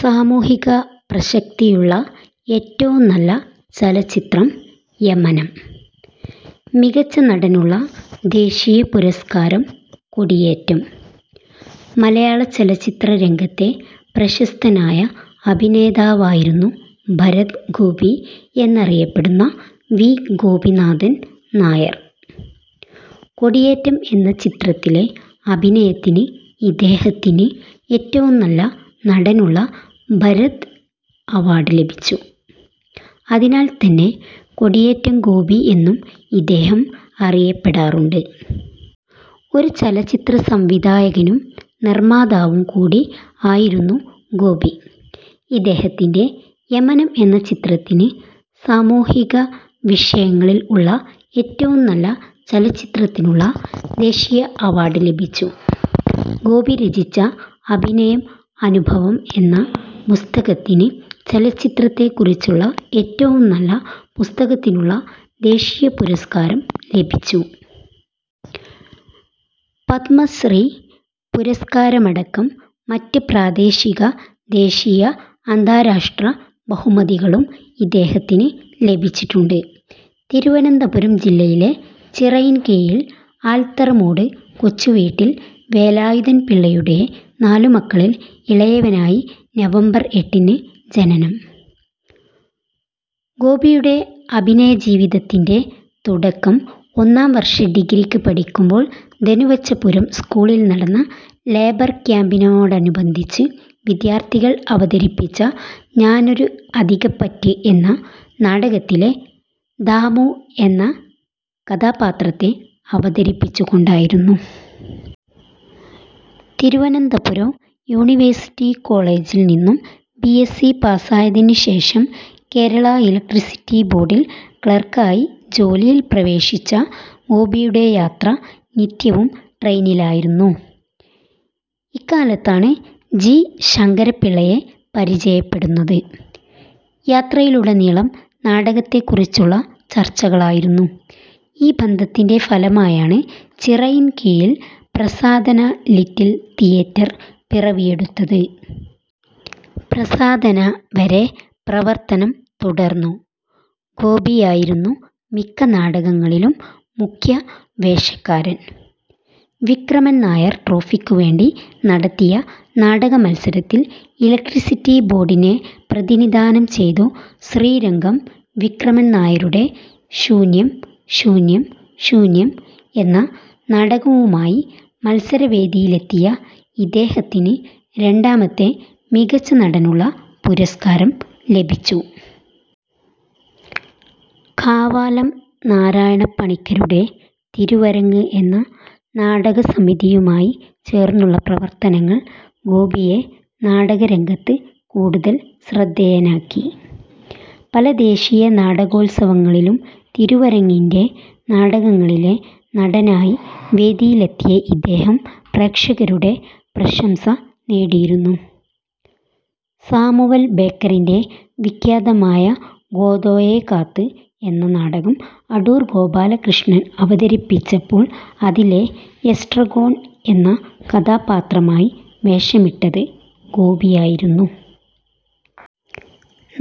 സാമൂഹിക പ്രസക്തിയുള്ള ഏറ്റവും നല്ല ചലച്ചിത്രം യമനം: മികച്ച നടനുള്ള ദേശീയപുരസ്കാരം കൊടിയേറ്റം മലയാളചലച്ചിത്രരംഗത്തെ പ്രശസ്തനായ അഭിനേതാവായിരുന്നു ഭരത് ഗോപി എന്നറിയപ്പെടുന്ന വി. ഗോപിനാഥൻ നായർ. കൊടിയേറ്റം എന്ന ചിത്രത്തിലെ അഭിനയത്തിന് ഇദ്ദേഹത്തിന് ഏറ്റവും നല്ല നടനുള്ള ഭരത് അവാർഡ് ലഭിച്ചു. അതിനാൽത്തന്നെ കൊടിയേറ്റം ഗോപി എന്നും ഇദ്ദേഹം അറിയപ്പെടാറുണ്ട്. ഒരു ചലച്ചിത്രസംവിധായകനും നിർമ്മാതാവും കൂടി ആയിരുന്നു ഗോപി. ഇദ്ദേഹത്തിന്‍റെ യമനം എന്ന ചലച്ചിത്രത്തിന് സാമൂഹിക വിഷയങ്ങളിൽ ഉള്ള ഏറ്റവും നല്ല ചലച്ചിത്രത്തിനുള്ള ദേശീയ അവാർഡ് ലഭിച്ചു. ഗോപി രചിച്ച ' അഭിനയം അനുഭവം ' എന്ന പുസ്തകത്തിന് ചലച്ചിത്രത്തെക്കുറിച്ചുള്ള ഏറ്റവും നല്ല പുസ്തകത്തിനുള്ള ദേശീയപുരസ്കാരം ലഭിച്ചു. പത്മശ്രീ പുരസ്കാരമടക്കം മറ്റ് പ്രാദേശിക, ദേശീയ, അന്താരാഷ്ട്ര ബഹുമതികളും ഇദ്ദേഹത്തിന് ലഭിച്ചിട്ടുണ്ട്. തിരുവനന്തപുരം ജില്ലയിലെ ചിറയിൻകീഴിൽ ആൽത്തറമൂട് കൊച്ചുവീട്ടിൽ വേലായുധൻ പിള്ളയുടെ നാലു മക്കളിൽ ഇളയവനായി നവംബർ എട്ടിന് ജനനം. ഗോപിയുടെ അഭിനയ ജീവിതത്തിന്‍റെ തുടക്കം ഒന്നാം വർഷ ഡിഗ്രിക്ക് പഠിക്കുമ്പോൾ ധനുവച്ചപുരം സ്കൂളിൽ നടന്ന ലേബർ ക്യാമ്പിനോടനുബന്ധിച്ച് വിദ്യാർത്ഥികൾ അവതരിപ്പിച്ച ഞാനൊരു അധികപ്പറ്റ് എന്ന നാടകത്തിലെ ' ദാമു ' എന്ന കഥാപാത്രത്തെ അവതരിപ്പിച്ചുകൊണ്ടായിരുന്നു. തിരുവനന്തപുരം യൂണിവേഴ്സിറ്റി കോളേജിൽ നിന്നും ബി. എസ്സ്. സി പാസായതിന് ശേഷം കേരള ഇലക്ട്രിസിറ്റി ബോർഡിൽ ക്ലാർക്കായി ജോലിയിൽ പ്രവേശിച്ച ഗോപിയുടെ യാത്ര നിത്യവും ട്രെയിനിലായിരുന്നു. ഇക്കാലത്താണ് ജി. ശങ്കരപ്പിള്ളയെ പരിചയപ്പെടുന്നത്. യാത്രയിലുടനീളം നാടകത്തെക്കുറിച്ചുള്ള ചർച്ചകളായിരുന്നു. ഈ ബന്ധത്തിന്‍റെ ഫലമായാണ് ചിറയിൻകീഴിൽ ' പ്രസാധന ലിറ്റിൽ തിയേറ്റർ ' പിറവിയെടുത്തത്. ' പ്രസാധന ' വരെ പ്രവർത്തനം തുടർന്നു. ഗോപിയായിരുന്നു മിക്ക നാടകങ്ങളിലും മുഖ്യവേഷക്കാരൻ. വിക്രമൻ നായർ ട്രോഫിക്കുവേണ്ടി നടത്തിയ നാടകമത്സരത്തിൽ ഇലക്ട്രിസിറ്റി ബോർഡിനെ പ്രതിനിധാനം ചെയ്തു ശ്രീരംഗം വിക്രമൻനായരുടെ ശൂന്യം ശൂന്യം ശൂന്യം എന്ന നാടകവുമായി മത്സരവേദിയിലെത്തിയ ഇദ്ദേഹത്തിന് രണ്ടാമത്തെ മികച്ച നടനുള്ള പുരസ്കാരം ലഭിച്ചു. കാവാലം നാരായണപ്പണിക്കരുടെ ' തിരുവരങ്ങ് ' എന്ന നാടകസമിതിയുമായി ചേർന്നുളള പ്രവർത്തനങ്ങൾ ഗോപിയെ നാടകരംഗത്ത് കൂടുതൽ ശ്രദ്ധേയനാക്കി. പല ദേശീയ നാടകോത്സവങ്ങളിലും തിരുവരങ്ങിന്റെ നാടകങ്ങളിലെ നടനായി വേദിയിലെത്തിയ ഇദ്ദേഹം പ്രേക്ഷകരുടെ പ്രശംസ നേടിയിരുന്നു. സാമുവൽ ബേക്കറ്റിന്‍റെ വിഖ്യാതമായ ഗോദോയെ കാത്ത് എന്ന നാടകം അടൂർ ഗോപാലകൃഷ്ണൻ അവതരിപ്പിച്ചപ്പോൾ അതിലെ ' എസ്ട്രഗോൺ ' എന്ന കഥാപാത്രമായി വേഷമിട്ടത് ഗോപിയായിരുന്നു.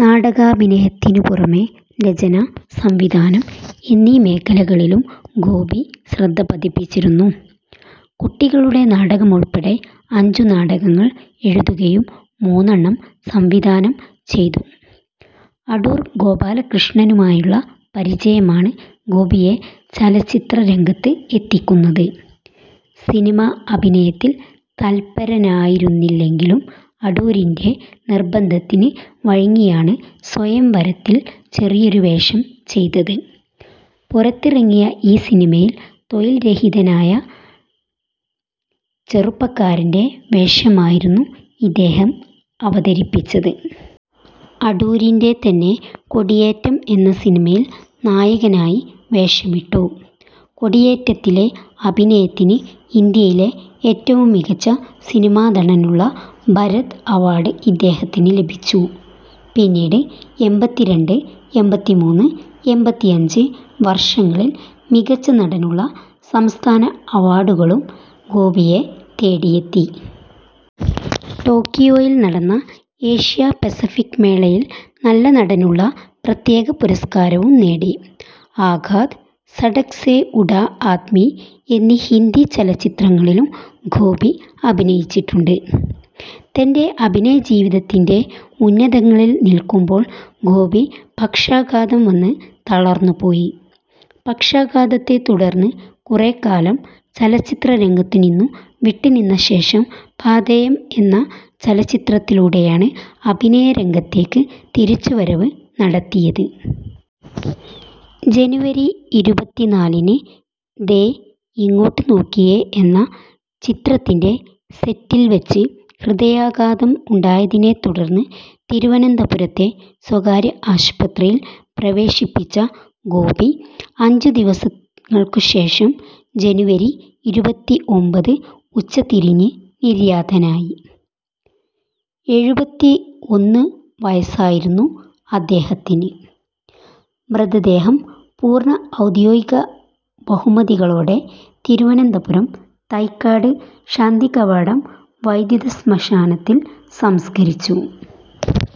നാടകാഭിനയത്തിനു പുറമേ രചന, സംവിധാനം എന്നീ മേഖലകളിലും ഗോപി ശ്രദ്ധ പതിപ്പിച്ചിരുന്നു. കുട്ടികളുടെ നാടകമുൾപ്പെടെ അഞ്ചുനാടകങ്ങൾ എഴുതുകയും മൂന്നെണ്ണം സംവിധാനം ചെയ്തു. അടൂർ ഗോപാലകൃഷ്ണനുമായുള്ള പരിചയമാണ് ഗോപിയെ ചലച്ചിത്രരംഗത്ത് എത്തിക്കുന്നത്. സിനിമാ അഭിനയത്തിൽ തത്പരനായിരുന്നില്ലെങ്കിലും അടൂരിന്‍റെ നിർബന്ധത്തിന് വഴങ്ങിയാണ് സ്വയംവരത്തിൽ ചെറിയൊരു വേഷം ചെയ്തത്. പുറത്തിറങ്ങിയ ഈ സിനിമയിൽ തൊഴിൽരഹിതനായ ചെറുപ്പക്കാരന്‍റെ വേഷമായിരുന്നു ഇദ്ദേഹം അവതരിപ്പിച്ചത്. അടൂരിന്‍റെ തന്നെ കൊടിയേറ്റം എന്ന സിനിമയിൽ നായകനായി വേഷമിട്ടു. കൊടിയേറ്റത്തിലെ അഭിനയത്തിന് ഇന്ത്യയിലെ ഏറ്റവും മികച്ച സിനിമാ നടനുള്ള ' ഭരത് ' അവാർഡ് ഇദ്ദേഹത്തിന് ലഭിച്ചു. പിന്നീട്, എമ്പത്തിരണ്ട്, എമ്പത്തിമൂന്ന്, എമ്പത്തിഅഞ്ച് വർഷങ്ങളിൽ മികച്ച നടനുള്ള സംസ്ഥാന അവാർഡുകളും ഗോപിയെ തേടിയെത്തി. ടോക്കിയോയിൽ നടന്ന ഏഷ്യാ പസഫിക് മേളയിൽ നല്ല നടനുള്ള പ്രത്യേക പുരസ്കാരവും നേടി. ആഖാത്, സടക്ക് സേ ഉഠാ ആദ്മി എന്നീ ഹിന്ദി ചലച്ചിത്രങ്ങളിലും ഗോപി അഭിനയിച്ചിട്ടുണ്ട്. തന്‍റെ അഭിനയജീവിതത്തിന്‍റെ ഉന്നതങ്ങളിൽ നിൽക്കുമ്പോൾ ഗോപി പക്ഷാഘാതം വന്ന് തളർന്നു പോയി. പക്ഷാഘാതത്തെത്തുടർന്ന് കുറെക്കാലം ചലച്ചിത്രരംഗത്തുനിന്നും വിട്ടുനിന്നശേഷം പാഥേയം എന്ന ചിത്രത്തിലൂടെയാണ് അഭിനയ രംഗത്തേക്ക് തിരിച്ചുവരവ് നടത്തിയത്. ജനുവരി ഇരുപത്തിനാലിന് ദേ ഇങ്ങോട്ട് നോക്കിയേ എന്ന ചിത്രത്തിന്‍റെ സെറ്റിൽ വച്ച് ഹൃദയാഘാതം ഉണ്ടായതിനെത്തുടർന്ന് തിരുവനന്തപുരത്തെ സ്വകാര്യ ആശുപത്രിയിൽ പ്രവേശിപ്പിച്ച ഗോപി അഞ്ചുദിവസങ്ങൾക്കുശേഷം ജനുവരി ഇരുപത്തിഒമ്പത് ഉച്ച തിരിഞ്ഞ് നിര്യാതനായി. എഴുപത്തിഒന്നു വയസ്സായിരുന്നു അദ്ദേഹത്തിന്. മൃതദേഹം പൂർണ ഔദ്യോഗിക ബഹുമതികളോടെ തിരുവനന്തപുരം തൈക്കാട് ശാന്തികവാടം വൈദ്യുതശ്മശാനത്തിൽ സംസ്കരിച്ചു.